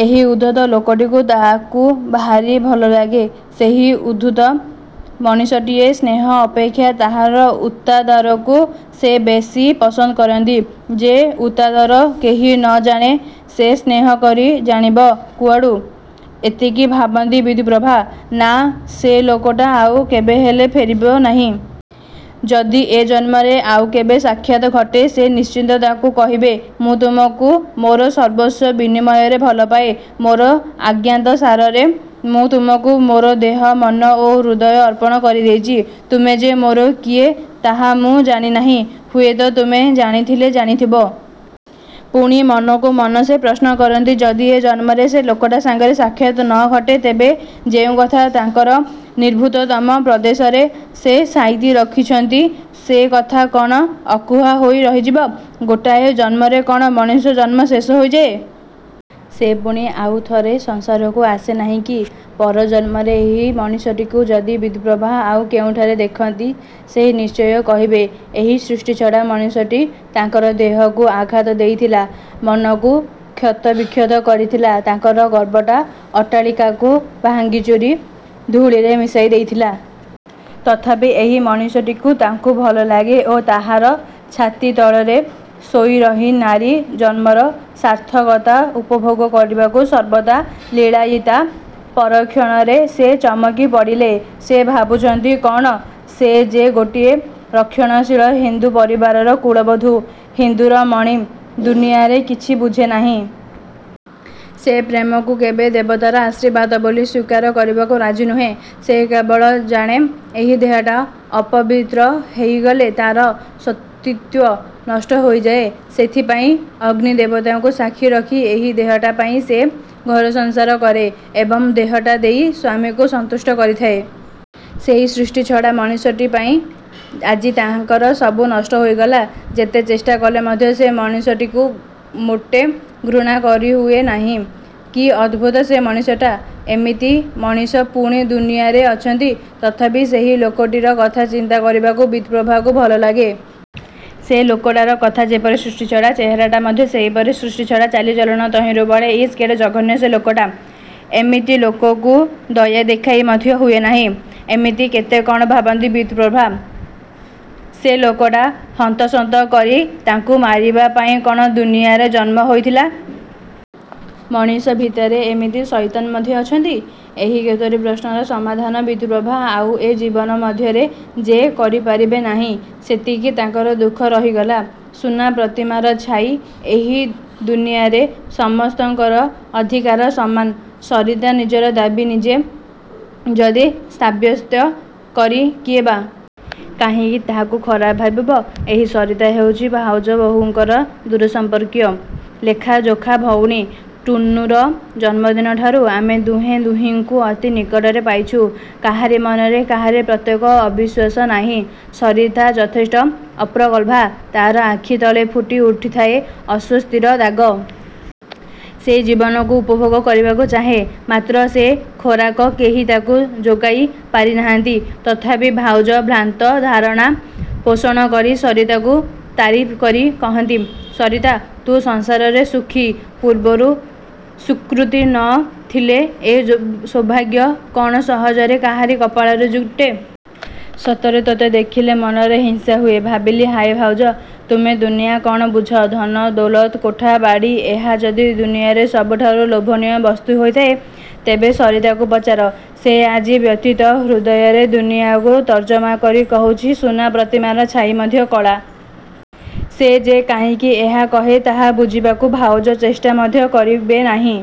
ସେହି ଉଦ୍ଧତ ଲୋକଟିକୁ ତାକୁ ଭାରି ଭଲଲାଗେ। ସେହି ଅଦ୍ଭୁତ ମଣିଷଟିର ସ୍ନେହ ଅପେକ୍ଷା ତାହାର ହତାଦରକୁ ସେ ବେଶି ପସନ୍ଦ କରନ୍ତି। ଯେ ହତାଦର କରି ନ ଜାଣେ, ସେ ସ୍ନେହକରି ଜାଣିବ କୁଆଡ଼ୁ? ଏତିକି ଭାବନ୍ତି ବିଦ୍ୟୁପ୍ରଭା। ନା, ସେ ଲୋକଟା ଆଉ କେବେହେଲେ ଫେରିବ ନାହିଁ। ଯଦି ଏ ଜନ୍ମରେ ଆଉ କେବେ ସାକ୍ଷାତ ଘଟେ ସେ ନିଶ୍ଚୟ ତାକୁ କହିବେ, ''ମୁଁ ତୁମକୁ ମୋର ସର୍ବସ୍ୱ ବିନିମୟରେ ଭଲପାଏ। ମୋର ଅଜ୍ଞାତସାରରେ ମୁଁ ତୁମକୁ ମୋର ଦେହ, ମନ ଓ ହୃଦୟ ଅର୍ପଣ କରିଦେଇଛି। ତୁମେ ଯେ ମୋର କିଏ ତାହା ମୁଁ ଜାଣେନାହିଁ, ହୁଏତ ତୁମେ ଜାଣିଥିଲେ ଜାଣିଥିବ। '' ପୁଣି ମନକୁ ମନ ସେ ପ୍ରଶ୍ନ କରନ୍ତି ଯଦି ଏ ଜନ୍ମରେ ସେ ଲୋକଟା ସଙ୍ଗରେ ତାଙ୍କର ସାକ୍ଷାତ ନ ଘଟେ ତେବେ ଯେଉଁକଥା ତାଙ୍କର ନିଭୃତତମ ପ୍ରଦେଶରେ ସେ ସାଇତି ରଖିଛନ୍ତି ସେ କଥା କ'ଣ ଅକୁହା ହୋଇ ରହିଯିବ? ଗୋଟିଏ ଜନ୍ମରେ କ'ଣ ମଣିଷ ଜନ୍ମ ଶେଷ ହୋଇଯାଏ? ସେ ପୁଣି ଆଉଥରେ ସଂସାରକୁ ଆସେ ନାହିଁ କି? ପରଜନ୍ମରେ ଏହି ମଣିଷଟିକୁ ଯଦି ବିଦ୍ୟୁପ୍ରଭା ଆଉ କେଉଁଠାରେ ଦେଖନ୍ତି ସେ ନିଶ୍ଚୟ କହିବେ ଏହି ସୃଷ୍ଟିଛଡ଼ା ମଣିଷଟି ତାଙ୍କର ଦେହକୁ ଆଘାତ ଦେଇଥିଲା। ମନକୁ କ୍ଷତବିକ୍ଷତ କରିଥିଲା। ତାଙ୍କର ଗର୍ବର ଅଟ୍ଟାଳିକାକୁ ଭାଙ୍ଗିଚୂରି ଧୂଳିରେ ମିଶାଇ ଦେଇଥିଲା। ତଥାପି ଏହି ମଣିଷଟିକୁ ତାଙ୍କୁ ଭଲଲାଗେ ଓ ତାହାର ଛାତି ତଳରେ ଶୋଇରହି ନାରୀ ଜନ୍ମର ସାର୍ଥକତା ଉପଭୋଗ କରିବାକୁ ସର୍ବଦା ଲାଳାୟୀତା। ପରକ୍ଷଣରେ ସେ ଚମକି ପଡ଼ିଲେ। ସେ ଭାବୁଛନ୍ତି କ'ଣ? ସେ ଯେ ଗୋଟିଏ ରକ୍ଷଣଶୀଳ ହିନ୍ଦୁ ପରିବାରର କୁଳବଧୂ। ହିନ୍ଦୁରମଣୀ ଦୁନିଆରେ କିଛି ବୁଝେନାହିଁ। ସେ ପ୍ରେମକୁ କେବେ ଦେବତାର ଆଶୀର୍ବାଦ ବୋଲି ସ୍ୱୀକାର କରିବାକୁ ରାଜି ନୁହେଁ। ସେ କେବଳ ଜାଣେ ଏହି ଦେହଟା ଅପବିତ୍ର ହୋଇଗଲେ ତା'ର ସତୀତ୍ୱ ନଷ୍ଟ ହୋଇଯାଏ। ସେଥିପାଇଁ ଅଗ୍ନିଦେବତାଙ୍କୁ ସାକ୍ଷୀ ରଖି ଏହି ଦେହଟା ପାଇଁ ସେ ଘରସଂସାର କରେ ଏବଂ ଦେହଟା ଦେଇ ସ୍ୱାମୀକୁ ସନ୍ତୁଷ୍ଟ କରିଥାଏ। ସେହି ସୃଷ୍ଟିଛଡ଼ା ମଣିଷଟିପାଇଁ ଆଜି ତାଙ୍କର ସବୁ ନଷ୍ଟ ହୋଇଗଲା। ଯେତେ ଚେଷ୍ଟାକଲେ ମଧ୍ୟ ସେ ମଣିଷଟିକୁ ମୋଟେ ଘୃଣା କରିହୁଏ ନାହିଁ। କି ଅଦ୍ଭୁତ ସେ ମଣିଷଟା! ଏମିତି ମଣିଷ ପୁଣି ଦୁନିଆରେ ଅଛନ୍ତି? ତଥାପି ସେହି ଲୋକଟିର କଥା ଚିନ୍ତା କରିବାକୁ ବିଦ୍ୟୁପ୍ରଭାକୁ ଭଲଲାଗେ। ସେ ଲୋକଟାର କଥା ଯେପରି ସୃଷ୍ଟିଛଡ଼ା, ଚେହେରାଟା ମଧ୍ୟ ସେହିପରି ସୃଷ୍ଟିଛଡ଼ା। ଚାଲିଚଳନ ତହିଁରୁ ବଳେ। ଇସ୍, କେଡ଼େ ଜଘନ୍ୟ ସେ ଲୋକଟା। ଏମିତି ଲୋକକୁ ଦୟା ଦେଖାଇ ମଧ୍ୟ ହୁଏ ନାହିଁ। ଏମିତି କେତେ କ'ଣ ଭାବନ୍ତି ବିଦ୍ୟୁପ୍ରଭା। ସେ ଲୋକଟା ହନ୍ତସନ୍ତ କରି ତାଙ୍କୁ ମାରିବା ପାଇଁ କ'ଣ ଦୁନିଆରେ ଜନ୍ମ ହୋଇଥିଲା-? ମଣିଷ ଭିତରେ ଏମିତି ସୟତାନ୍ ମଧ୍ୟ ଅଛନ୍ତି? ଏହି କେତୋଟି ପ୍ରଶ୍ନର ସମାଧାନ ବିଦ୍ୟୁପ୍ରଭା ଆଉ ଏ ଜୀବନ ମଧ୍ୟରେ ଯେ କରିପାରିବେ ନାହିଁ ସେତିକି ତାଙ୍କର ଦୁଃଖ ରହିଗଲା। ସୁନା ପ୍ରତିମାର ଛାଇ ଏହି ଦୁନିଆରେ ସମସ୍ତଙ୍କର ଅଧିକାର ସମାନ। ସରିତା ନିଜର ଦାବି ନିଜେ ଯଦି ସାବ୍ୟସ୍ତ କରେ କିଏ ବା। କାହିଁକି ତାହାକୁ ଖରାପ ଭାବିବ? ଏହି ସରିତା ହେଉଛି ଭାଉଜ ବୋହୂଙ୍କର ଦୂରସମ୍ପର୍କୀୟା ଲେଖାଯୋଖା ଭଉଣୀ। ଟୁନୁର ଜନ୍ମଦିନଠାରୁ ଆମେ ଦୁହେଁ ଦୁହିଁଙ୍କୁ ଅତି ନିକଟରେ ପାଇଛୁଁ। କାହାରି ମନରେ କାହାରି ପ୍ରତି ଅବିଶ୍ୱାସ ନାହିଁ। ସରିତା ଯଥେଷ୍ଟ ଅପ୍ରଗଳ୍ଭା। ତା'ର ଆଖି ତଳେ ଫୁଟି ଉଠିଥାଏ ଅସ୍ୱସ୍ତିର ଦାଗ। ସେ ଜୀବନକୁ ଉପଭୋଗ କରିବାକୁ ଚାହେଁ, ମାତ୍ର ସେ ଖୋରାକ କେହି ତାକୁ ଯୋଗାଇ ପାରିନାହାନ୍ତି। ତଥାପି ଭାଉଜ ଭ୍ରାନ୍ତ ଧାରଣା ପୋଷଣକରି ସରିତାକୁ ତାରିଫ୍ କରି କହନ୍ତି, ''ସରିତା! ତୁ ସଂସାରରେ ସୁଖୀ। ପୂର୍ବରୁ ସୁକୃତି ନ ଥିଲେ ଏ ସୌଭାଗ୍ୟ କ'ଣ ସହଜରେ କାହାରି କପାଳରେ ଯୁଟେ? ସତରେ ତୋତେ ଦେଖିଲେ ମନରେ ହିଂସା ହୁଏ। '' ଭାବିଲି ହାୟ ଭାଉଜ! ତୁମେ ଦୁନିଆ କ'ଣ ବୁଝ? ଧନ, ଦୌଲତ, କୋଠା-ବାଡ଼ି, ଏହା ଯଦି ଦୁନିଆରେ ସବୁଠାରୁ ଲୋଭନୀୟ ବସ୍ତୁ ହୋଇଥାଏ ତେବେ ସରିତାକୁ ପଚାର, ସେ ଆଜି ବ୍ୟଥିତ ହୃଦୟରେ ଦୁନିଆକୁ ତର୍ଜମା କରି କହୁଛି ସୁନା ପ୍ରତିମାର ଛାଇ ମଧ୍ୟ କଳା। ସେ ଯେ କାହିଁକି ଏହା କହେ ତାହା ବୁଝିବାକୁ ଭାଉଜ ଚେଷ୍ଟା ମଧ୍ୟ କରିବେ ନାହିଁ।